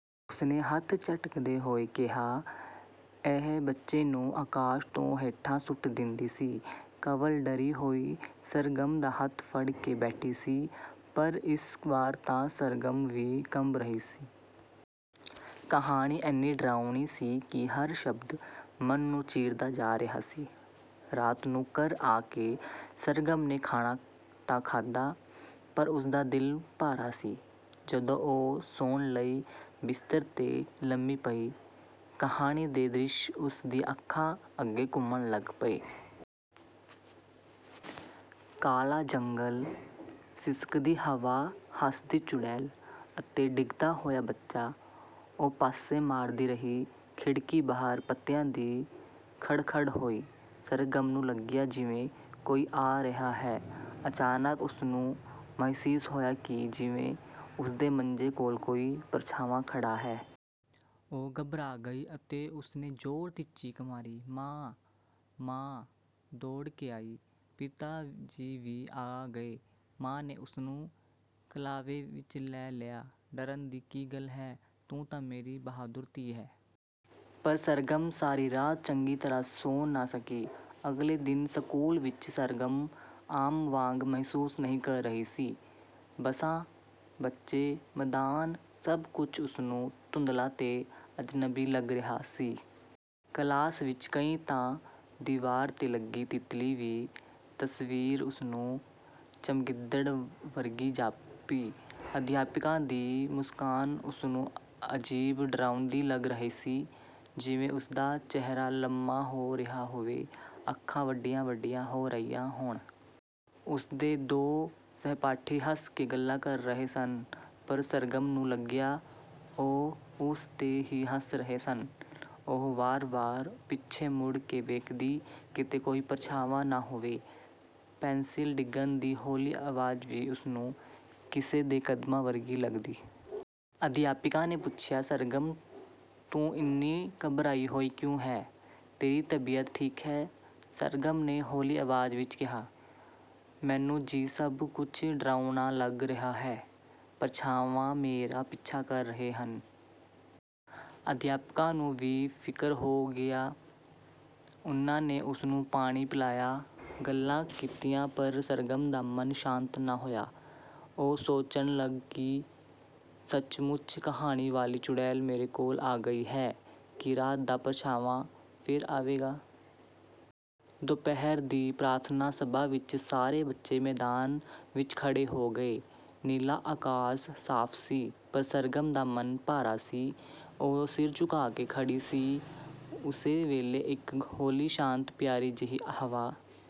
ਉਸਨੇ ਹੱਥ ਝਟਕਦੇ ਹੋਏ ਕਿਹਾ, ਇਹ ਬੱਚੇ ਨੂੰ ਆਕਾਸ਼ ਤੋਂ ਹੇਠਾਂ ਸੁੱਟ ਦਿੰਦੀ ਸੀ। ਕੰਵਲ ਡਰੀ ਹੋਈ ਸਰਗਮ ਦਾ ਹੱਥ ਫੜ ਕੇ ਬੈਠੀ ਸੀ ਪਰ ਇਸ ਵਾਰ ਤਾਂ ਸਰਗਮ ਵੀ ਕੰਬ ਰਹੀ ਸੀ। ਕਹਾਣੀ ਐਨੀ ਡਰਾਉਣੀ ਸੀ ਕਿ ਹਰ ਸ਼ਬਦ ਮਨ ਨੂੰ ਚੀਰਦਾ ਜਾ ਰਿਹਾ ਸੀ। ਰਾਤ ਨੂੰ ਘਰ ਆ ਕੇ ਸਰਗਮ ਨੇ ਖਾਣਾ ਤਾਂ ਖਾਧਾ, ਪਰ ਉਸਦਾ ਦਿਲ ਭਾਰਾ ਸੀ। ਜਦੋਂ ਉਹ ਸੌਣ ਲਈ ਬਿਸਤਰ 'ਤੇ ਲੰਮੀ ਪਈ, ਕਹਾਣੀ ਦੇ ਦ੍ਰਿਸ਼ ਉਸ ਦੀਆਂ ਅੱਖਾਂ ਅੱਗੇ ਘੁੰਮਣ ਲੱਗ ਪਏ। ਕਾਲ਼ਾ ਜੰਗਲ਼, ਸਿਸਕਦੀ ਹਵਾ, ਹੱਸਦੀ ਚੁੜੇਲ ਅਤੇ ਡਿੱਗਦਾ ਹੋਇਆ ਬੱਚਾ। ਉਹ ਪਾਸੇ ਮਾਰਦੀ ਰਹੀ। ਖਿੜਕੀ ਬਾਹਰ ਪੱਤਿਆਂ ਦੀ ਖੜਖੜ ਹੋਈ। ਸਰਗਮ ਨੂੰ ਲੱਗਿਆ ਜਿਵੇਂ ਕੋਈ ਆ ਰਿਹਾ ਹੈ। ਅਚਾਨਕ ਉਸਨੂੰ ਮਹਿਸੂਸ ਹੋਇਆ ਜਿਵੇਂ ਉਸਦੇ ਮੰਜੇ ਕੋਲ਼ ਕੋਈ ਪਰਛਾਂਵਾਂ ਖੜ੍ਹਾ ਹੈ। ਉਹ ਘਬਰਾ ਗਈ ਅਤੇ ਉਸਨੇ ਜ਼ੋਰ ਦੀ ਚੀਕ ਮਾਰੀ "ਮਾਂ! " ਮਾਂ ਦੌੜ ਕੇ ਆਈ, ਪਿਤਾ ਜੀ ਵੀ ਆ ਗਏ। ਮਾਂ ਨੇ ਉਸਨੂੰ ਕਲ਼ਾਵੇ ਵਿੱਚ ਲੈ ਲਿਆ। "ਡਰਨ ਦੀ ਕੀ ਗੱਲ ਹੈ? ਤੂੰ ਤਾਂ ਮੇਰੀ ਬਹਾਦੁਰ ਧੀ ਹੈ।" ਪਰ ਸਰਗਮ ਸਾਰੀ ਰਾਤ ਚੰਗੀ ਤਰ੍ਹਾਂ ਸੌਂ ਨਾ ਸਕੀ। ਅਗਲੇ ਦਿਨ ਸਕੂਲ ਵਿੱਚ ਸਰਗਮ ਆਮ ਵਾਂਗ ਮਹਿਸੂਸ ਨਹੀਂ ਕਰ ਰਹੀ ਸੀ। ਬੱਸਾਂ, ਬੱਚੇ, ਮੈਦਾਨ ਸਭ ਕੁਝ ਉਸਨੂੰ ਧੁੰਦਲ਼ਾ ਤੇ ਅਜਨਬੀ ਲੱਗ ਰਿਹਾ ਸੀ। ਕਲਾਸ ਵਿੱਚ ਗਈ ਤਾਂ ਦੀਵਾਰ 'ਤੇ ਲੱਗੀ ਤਿਤਲੀ ਦੀ ਤਸਵੀਰ ਉਸਨੂੰ ਚਮਗਿੱਦੜ ਵਰਗੀ ਜਾਪੀ। ਅਧਿਆਪਕਾ ਦੀ ਮੁਸਕਾਨ ਉਸਨੂੰ ਅਜੀਬ ਡਰਾਉਣੀ ਲੱਗ ਰਹੀ ਸੀ ਜਿਵੇਂ ਉਸਦਾ ਚਿਹਰਾ ਲੰਮਾ ਹੋ ਰਿਹਾ ਹੋਵੇ, ਅੱਖਾਂ ਵੱਡੀਆਂ-ਵੱਡੀਆਂ ਹੋ ਰਹੀਆਂ ਹੋਣ। ਉਸਦੇ ਦੋ ਸਹਿਪਾਠੀ ਹੱਸ ਕੇ ਗੱਲਾਂ ਕਰ ਰਹੇ ਸਨ, ਪਰ ਸਰਗਮ ਨੂੰ ਲੱਗਿਆ ਉਹ ਉਸ 'ਤੇ ਹੀ ਹੱਸ ਰਹੇ ਹਨ। ਉਹ ਵਾਰ-ਵਾਰ ਪਿੱਛੇ ਮੁੜ ਕੇ ਵੇਖਦੀ ਕਿਤੇ ਕੋਈ ਪਰਛਾਵਾਂ ਨਾ ਹੋਵੇ। ਪੈਂਸਿਲ ਡਿੱਗਣ ਦੀ ਹੌਲ਼ੀ ਆਵਾਜ਼ ਵੀ ਉਸਨੂੰ ਕਿਸੇ ਦੇ ਕਦਮਾਂ ਵਰਗੀ ਲੱਗੀ। ਅਧਿਆਪਿਕਾ ਨੇ ਪੁੱਛਿਆ, "ਸਰਗਮ, ਤੂੰ ਇੰਨੀ ਘਬਰਾਈ ਹੋਈ ਕਿਉਂ ਹੈਂ, ਤੇਰੀ ਤਬੀਅਤ ਠੀਕ ਹੈ?" ਸਰਗਮ ਨੇ ਹੌਲ਼ੀ ਆਵਾਜ਼ ਵਿੱਚ ਕਿਹਾ, "ਮੈਨੂੰ ਜੀ ਸਭ ਕੁਝ ਡਰਾਉਣਾ ਲੱਗ ਰਿਹਾ ਹੈ, ਪਰਛਾਵੇਂ ਮੇਰਾ ਪਿੱਛਾ ਕਰ ਰਹੇ ਨੇ।" ਅਧਿਆਪਿਕਾ ਨੂੰ ਵੀ ਫਿਕਰ ਹੋ ਗਿਆ। ਉਹਨਾਂ ਨੇ ਉਸਨੂੰ ਪਾਣੀ ਪਿਲਾਇਆ, ਗੱਲਾਂ ਕੀਤੀਆਂ, ਪਰ ਸਰਗਮ ਦਾ ਮਨ ਸ਼ਾਂਤ ਨਾ ਹੋਇਆ। ਉਹ ਸੋਚਣ ਲੱਗੀ ਕੀ ਸੱਚਮੁੱਚ ਕਹਾਣੀ ਵਾਲ਼ੀ ਚੁੜੇਲ ਮੇਰੇ ਕੋਲ਼ ਆ ਗਈ ਹੈ, ਕੀ ਰਾਤ ਦਾ ਪਰਛਾਵਾਂ ਫਿਰ ਆਵੇਗਾ? ਦੁਪਹਿਰ ਦੀ ਪ੍ਰਾਰਥਨਾ ਸਭਾ ਵਿੱਚ ਸਾਰੇ ਬੱਚੇ ਮੈਦਾਨ ਵਿੱਚ ਖੜ੍ਹੇ ਹੋ ਗਏ। ਨੀਲਾ ਆਕਾਸ਼ ਸਾਫ ਸੀ, ਪਰ ਸਰਗਮ ਦਾ ਮਨ ਭਾਰਾ ਸੀ। ਉਹ ਸਿਰ ਝੁਕਾ ਕੇ ਖੜ੍ਹੀ ਸੀ। ਉਸੇ ਵੇਲ਼ੇ ਇਕ ਹੌਲ਼ੀ, ਸ਼ਾਂਤ, ਪਿਆਰੀ ਜਿਹੀ ਹਵਾ